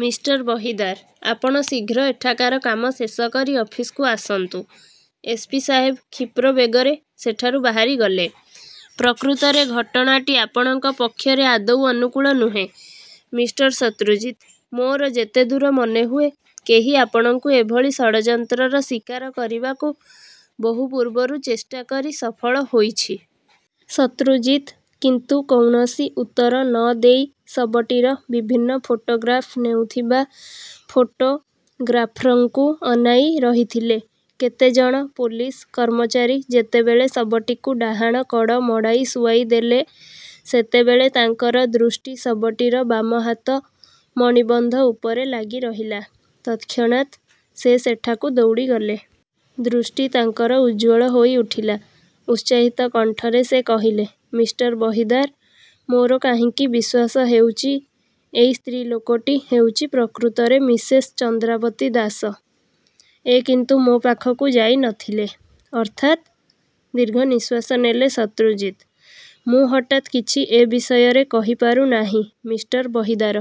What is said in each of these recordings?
Mister Bahidar, ଆପଣ ଶୀଘ୍ର ଏଠାକାର କାମ ଶେଷ କରି ଅଫିସକୁ ଆସନ୍ତୁ। ଏସ. ପି. ସାହେବ କ୍ଷିପ୍ରବେଗରେ ସେଠାରୁ ବାହାରିଗଲେ। ପ୍ରକୃତରେ ଘଟଣାଟି ଆପଣଙ୍କ ପକ୍ଷରେ ଆଦୌ ଅନୁକୂଳ ନୁହେଁ, ମିଷ୍ଟର ଶତ୍ରୁଜିତ୍! ମୋର ଯେତେଦୂର ମନେହୁଏ କେହି ଆପଣଙ୍କୁ ଏଭଳି ଷଡ଼ଯନ୍ତ୍ରର ଶିକାର କରିବାକୁ ବହୁ ପୂର୍ବରୁ ଚେଷ୍ଟା କରି ସଫଳ ହୋଇଛି। ଶତ୍ରୁଜିତ୍ କିନ୍ତୁ କୌଣସି ଉତ୍ତର ନ ଦେଇ ଶବଟିର ବିଭିନ୍ନ ଫଟୋଗ୍ରାଫ ନେଉଥିବା ଫଟୋଗ୍ରାଫ୍ରଙ୍କୁ ଅନାଇ ରହିଥିଲେ। କେତେଜଣ ପୋଲିସ କର୍ମଚାରୀ ଯେତେବେଳେ ଶବଟିକୁ ଡାହାଣ କଡ଼ ମଡ଼ାଇ ଶୁଆଇଦେଲେ, ସେତେବେଳେ ତାଙ୍କର ଦୃଷ୍ଟି ଶବଟିର ବାମହାତ ମଣିବନ୍ଧ ଉପରେ ଲାଗିରହିଲା। ତତ୍କ୍ଷଣାତ୍ ସେ ସେଠାକୁ ଦୌଡ଼ିଗଲେ।। ଦୃଷ୍ଟି ତାଙ୍କର ଉଜ୍ୱଳ ହୋଇଉଠିଲା। ଉତ୍ସାହିତ କଣ୍ଠରେ ସେ କହିଲେ-ମିଷ୍ଟର ବହିଦାର, ମୋର କାହିଁକି ବିଶ୍ୱାସ ହେଉଛି ଏଇ ସ୍ତ୍ରୀଲୋକଟି ହେଉଛି ପ୍ରକୃତରେ ମିସେସ୍ ଚନ୍ଦ୍ରାବତୀ ଦାସ। ଏ କିନ୍ତୁ ମୋ ପାଖକୁ ଯାଇ ନ ଥିଲେ। ଅର୍ଥାତ୍? ଦୀର୍ଘନିଶ୍ୱାସ ନେଲେ ଶତ୍ରୁଜିତ୍-ମୁଁ ହଠାତ୍ କିଛି ଏ ବିଷୟରେ କହିପାରୁ ନାହିଁ, ମିଷ୍ଟର ବହିଦାର!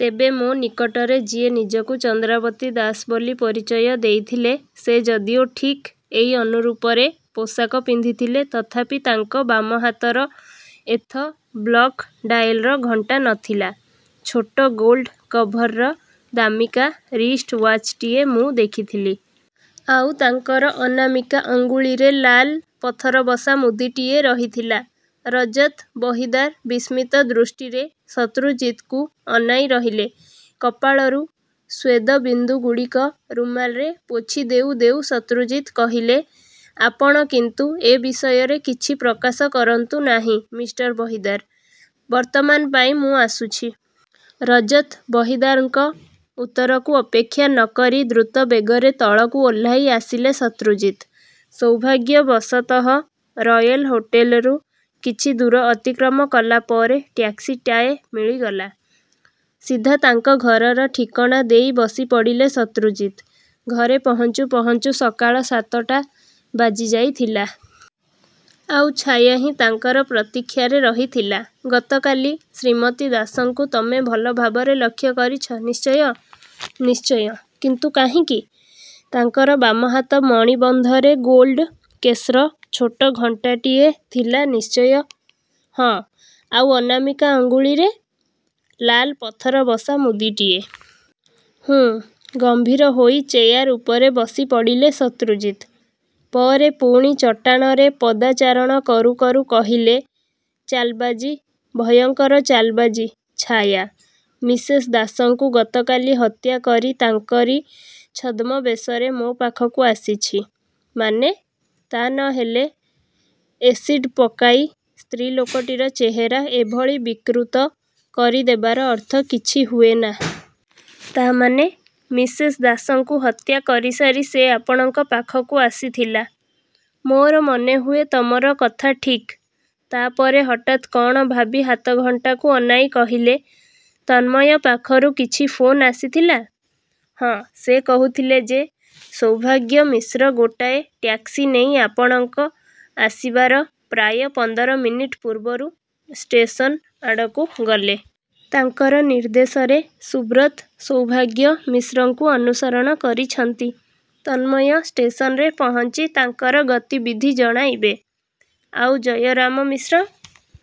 ତେବେ ମୋ ନିକଟରେ ଯିଏ ନିଜକୁ ଚନ୍ଦ୍ରାବତୀ ଦାସ ବୋଲି ପରିଚୟ ଦେଇଥିଲେ ସେ ଯଦିଓ ଠିକ୍ ଏଇ ଅନୁରୂପରେ ପୋଷାକ ପିନ୍ଧିଥିଲେ ତଥାପି ତାଙ୍କ ବାମ ହାତର ଏଥ ବ୍ଲକ ଡାଏଲର ଘଣ୍ଟା ନ ଥିଲା। ଛୋଟ ଗୋଲ୍ଡ କଭରର ଦାମିକା ରିଷ୍ଟ ଓ୍ୟାଚଟିଏ ମୁଁ ଦେଖିଥିଲି। ଆଉ ତାଙ୍କର ଅନାମିକା ଅଙ୍ଗୁଳିରେ ଲାଲ ପଥରବସା ମୁଦିଟିଏ ରହିଥିଲା। ରଜତ ବହିଦାର ବିସ୍ମିତ ଦୃଷ୍ଟିରେ ଶତ୍ରୁଜିତଙ୍କୁ ଅନାଇ ରହିଲେ। କପାଳରୁ ସ୍ୱେନ୍ଦବିନ୍ଦୁଗୁଡ଼ିକ ରୁମାଲରେ ପୋଛି ଦେଉ ଦେଉ ଶତ୍ରୁଜିତ୍ କହିଲେ-ଆପଣ କିନ୍ତୁ ଏ ବିଷୟରେ କିଛି ପ୍ରକାଶ କରନ୍ତୁ ନାହିଁ, ମିଷ୍ଟର ବହିଦାର! ବର୍ତ୍ତମାନ ପାଇଁ ମୁଁ ଆସୁଛି। ରଜତ ବହିଦାରଙ୍କ ଉତ୍ତରକୁ ଅପେକ୍ଷା ନ କରି ଦ୍ରୁତବେଗରେ ତଳକୁ ଓହ୍ଳାଇ ଆସିଲେ ଶତ୍ରୁଜିତ୍। ସୌଭାଗ୍ୟବଶତଃ ରୟେଲ ହୋଟଲରୁ କିଛିଦୂର ଅତିକ୍ରମ କଲା ପରେ ଟ୍ୟାକ୍ସିଟାଏ ମିଳିଗଲା। ସିଧା ତାଙ୍କ ଘରର ଠିକଣା ଦେଇ ବସିପଡ଼ିଲେ ଶତ୍ରୁଜିତ୍। ଘରେ ପହଞ୍ଚୁ ପହଞ୍ଚୁ ସକାଳ ସାତଟା ବାଜିଯାଇଥିଲା। ଆଉ ଛାୟା ହିଁ ତାଙ୍କର ପ୍ରତୀକ୍ଷାରେ ରହିଥିଲା। ଗତକାଲି ଶ୍ରୀମତୀ ଦାସଙ୍କୁ ତମେ ଭଲ ଭାବରେ ଲକ୍ଷ୍ୟ କରିଛ, ନିଶ୍ଚୟ? ନିଶ୍ଚୟ.. କିନ୍ତୁ କାହିଁକି? ତାଙ୍କର ବାମହାତ ମଣିବନ୍ଧରେ ଗୋଲଡ୍ କେସ୍ର ଛୋଟ ଘଣ୍ଟାଟିଏ ଥିଲା ନିଶ୍ଚୟ? ହଁ। ଆଉ ଅନାମିକା ଅଙ୍ଗୁଳିରେ? ଲାଲ ପଥରବସା ମୁଦିଟିଏ। ହୁଁ ଗମ୍ଭୀର ହୋଇ ଚେୟାର ଉପରେ ବସିପଡ଼ିଲେ ଶତ୍ରୁଜିତ୍। ପରେ ପୁଣି ଚଟାଣରେ ପଦାଚାରଣ କରୁକରୁ କହିଲେ-ଚାଲବାଜି, ଭୟଙ୍କର ଚାଲବାଜି, ଛାୟା! ମିସେସ୍ ଦାସଙ୍କୁ ଗତକାଲି ହତ୍ୟା କରି ତାଙ୍କରି ଛଦ୍ମବେଶରେ ମୋ ପାଖକୁ ଆସିଛି। ମାନେ? ତା' ନ ହେଲେ ଏସିଡ୍ପକାଇ ସ୍ତ୍ରୀଲୋକଟିର ଚେହେରା ଏଭଳି ବିକୃତ କରିଦେବାର ଅର୍ଥ କିଛି ହୁଏନା। ତା' ମାନେ, ମିସେସ୍ ଦାସଙ୍କୁ ହତ୍ୟା କରିସାରି ସେ ଆପଣଙ୍କ ପାଖକୁ ଆସିଥିଲା। ମୋର ମନେହୁଏ ତମର କଥା ଠିକ୍। ତା'ପରେ ହଠାତ୍ କ'ଣ ଭାବି ହାତଘଣ୍ଟାକୁ ଅନାଇ କହିଲେ-ତନ୍ମୟ ପାଖରୁ କିଛି ଫୋନ୍ ଆସିଥିଲା? ହଁ, ସେ କହୁଥିଲେ ଯେ ସୌଭାଗ୍ୟ ମିଶ୍ର ଗୋଟାଏ ଟ୍ୟାକ୍ସି ନେଇ ଆପଣଙ୍କ ଆସିବାର ପ୍ରାୟ ପନ୍ଦର ମିନିଟ୍ ପୂର୍ବରୁ ଷ୍ଟେସନ ଆଡ଼କୁ ଗଲେ। ତାଙ୍କର ନିର୍ଦ୍ଦେଶରେ ସୁବ୍ରତ ସୌଭାଗ୍ୟ ମିଶ୍ରଙ୍କୁ ଅନୁସରଣ କରିଛନ୍ତି। ତନ୍ମୟ ଷ୍ଟେସନରେ ପହଞ୍ଚି ତାଙ୍କର ଗତିବିଧି ଜଣାଇବେ-। ଆଉ ଜୟରାମ ମିଶ୍ର?